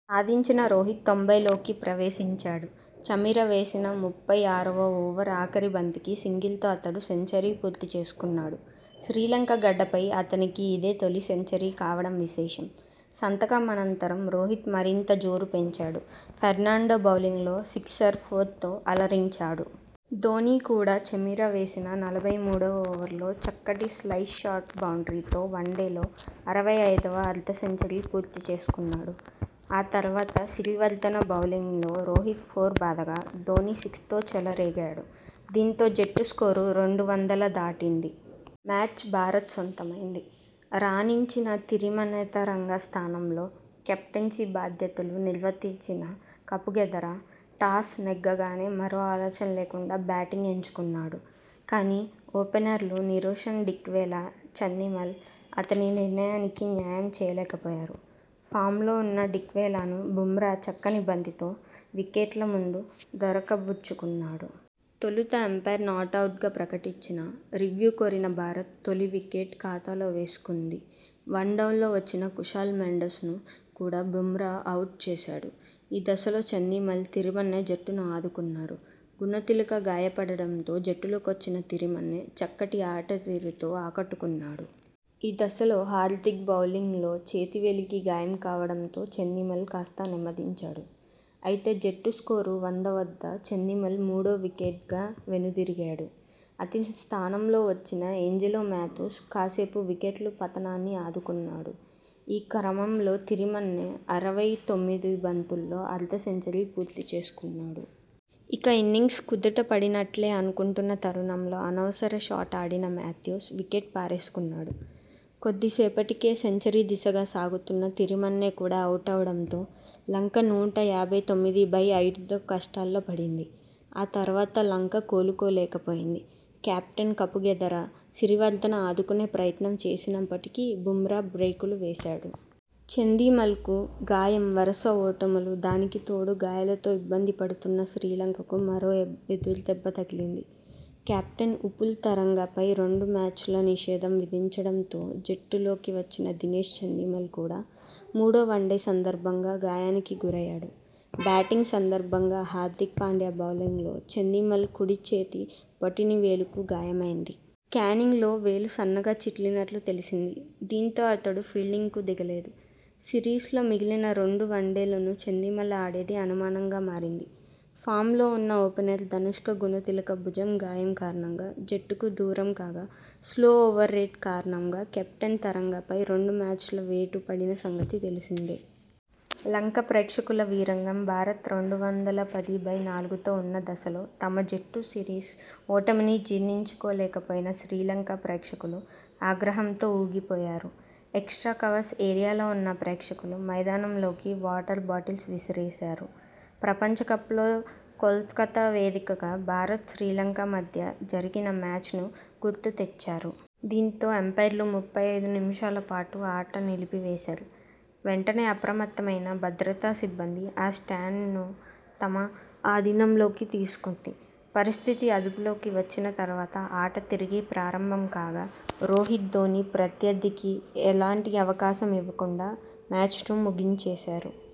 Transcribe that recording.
సాధించిన రోహిత్ తొంభైల్లోకి ప్రవేశించాడు. చమీర వేసిన ముప్పై ఆరువ ఓవర్ ఆఖరి బంతికి సింగిల్ తో అతడు సెంచరీ పూర్తి చేసుకున్నాడు. శ్రీలంక గడ్డపై అతనికి ఇదే తొలి సెంచరీ కావడం విశేషం. శతకం అనంతరం రోహిత్ మరింత జోరు పెంచాడు. ఫెర్నాండో బౌలింగ్ లో సిక్సర్, ఫోర్ తో అలరించాడు. ధోనీ కూడా చమీర వేసిన నలభై మూడువ ఓవర్లో చక్కటి స్లైస్ షాట్ బౌండ్రీ తో వన్డేల్లో అరవై ఐదువ అర్ధసెంచరీ పూర్తి చేసుకున్నాడు. ఆ తర్వాత సిరివర్దన బౌలింగ్ లో రోహిత్ ఫోర్ బాదగా, ధోనీ సిక్స్ తో చెలరేగాడు. దీంతో జట్టు స్కోరు రెండు వందల దాటింది. మ్యాచ్ భారత్ సొంతమైంది. రాణించిన తిరిమన్నెతరంగ స్థానంలో కెప్టెన్సీ బాధ్యతలు నిర్వర్తించిన కపుగెదర టాస్ నెగ్గగానే మరో ఆలోచన లేకుండా బ్యాటింగ్ ఎంచుకున్నాడు. కానీ, ఓపెనర్లు నిరోషన్ డిక్వెలా, చాందిమల్ అతని నిర్ణయానికి న్యాయం చేయలేకపోయారు. ఫామ్ లో ఉన్న డిక్వెలాను బుమ్రా చక్కని బంతితో వికెట్ల ముందు దొరకబుచ్చుకున్నాడు. తొలుత అంపైర్ నాటౌట్ గా ప్రకటించినా, రివ్యూ కోరిన భారత్ తొలి వికెట్ ఖాతాలో వేసుకుంది. వన్ డౌన్ లో వచ్చిన కుశాల్ మెండిస్ ను కూడా బుమ్రానే అవుట్ చేశాడు. ఈ దశలో చాందిమల్, తిరిమన్నె జట్టును ఆదుకున్నారు. గుణతిలక గాయపడడంతో జట్టులోకొచ్చిన తిరిమన్నె చక్కటి ఆటతీరుతో ఆకట్టుకున్నాడు. ఈ దశలో హార్దిక్ బౌలింగ్లో చేతి వేలికి గాయం కావడంతో చాందిమల్ కాస్త నెమ్మదించాడు. అయితే జట్టు స్కోరు వంద వద్ద చాందిమల్ మూడో వికెట్గా వెనుదిరిగాడు. అతని స్థానంలో వచ్చిన ఏంజెలో మాథ్యూస్ కాసేపు వికెట్ల పతనాన్ని ఆదుకున్నాడు. ఈ క్రమంలో తిరిమన్నె అరవై తొమ్మిది బంతుల్లో అర్ధ సెంచరీ పూర్తి చేసుకున్నాడు. ఇక ఇన్నింగ్స్ కుదుట పడినట్టే అనుకుంటున్న తరుణంలో అనవసర షాట్ ఆడిన మాథ్యూస్ వికెట్ పారేసుకున్నాడు. కొద్దిసేపటికే సెంచరీ దిశగా సాగుతున్న తిరిమన్నె కూడా అవుటవడంతో లంక నూట యాభై తొమ్మిది బై ఐదుతో కష్టాల్లో పడింది. ఆ తర్వాత లంక కోలుకోలేకపోయింది. కెప్టెన్ కపుగెదర, సిరివర్దన ఆదుకునే ప్రయత్నం చేసినప్పటికీ బుమ్రా బ్రేకులు వేశాడు. చాందిమల్కు గాయంవరస ఓటములు దానికితోడు గాయాలతో ఇబ్బంది పడుతున్న శ్రీలంకకు మరో ఎదురుదెబ్బ తగిలింది. కెప్టెన్ ఉపుల్ తరంగ పై రెండు మ్యాచ్ల నిషేధం విధించడంతో జట్టులోకి వచ్చిన దినేష్ చాందిమల్ కూడా మూడో వన్డే సందర్భంగా గాయానికి గురయ్యాడు. బ్యాటింగ్ సందర్భం గా హార్దిక్ పాండ్యా బౌలింగ్లో చాందిమల్ కుడిచేతి బొటినవేలు కు గాయమైంది. స్కానింగ్ లో వేలు సన్నగా చిట్లినట్టు తేలిసింది. దీంతో అతడు ఫీల్డింగ్ కు దిగలేదు. సిరీస్ లో మిగిలిన రెండు వన్డేల్లోనూ చాందిమల్ ఆడేది అనుమానం గా మారింది. ఫామ్ లో ఉన్న ఓపెనర్ ధనుష్క గుణతిలక భుజం గాయం కారణంగా జట్టుకు దూరంకాగా స్లో ఓవర్ రేట్ కారణంగా కెప్టెన్ తరంగపై రెండు మ్యాచ్ల వేటు పడిన సంగతి తెలిసిందే. లంక ప్రేక్షకుల వీరంగం భారత్ రెండు వందల పది బై నాలుగుతో ఉన్న దశలో తమ జట్టు సిరీస్ ఓటమిని జీర్ణించుకోలేకపోయిన శ్రీలంక ప్రేక్షకులు ఆగ్రహంతో ఊగిపోయారు. ఎక్స్ట్రా కవర్స్ ఏరియాలో ఉన్న ప్రేక్షకులు మైదానంలోకి వాటర్ బాటిల్స్ విసిరేశారు. ప్రపంచకప్ లో కోల్కతా వేదికగా భారత్ శ్రీలంక మధ్య జరిగిన మ్యాచ్ ను గుర్తుకుతెచ్చారు. దీంతో అంపైర్లు ముప్పై ఐదు నిమిషాల పాటు ఆట నిలిపి వేశారు. వెంటనే అప్రమత్తమైన భద్రతా సిబ్బంది ఆ స్టాండ్ ను తమ అధీనంలోకి తీసుకుంది. పరిస్థితి అదుపులోకి వచ్చిన తర్వాత ఆట తిరిగి ప్రారంభం కాగా రోహిత్, ధోనీ ప్రత్యర్థికి ఎలాంటి అవకాశం ఇవ్వకుండా మ్యాచ్ను ముగించేశారు.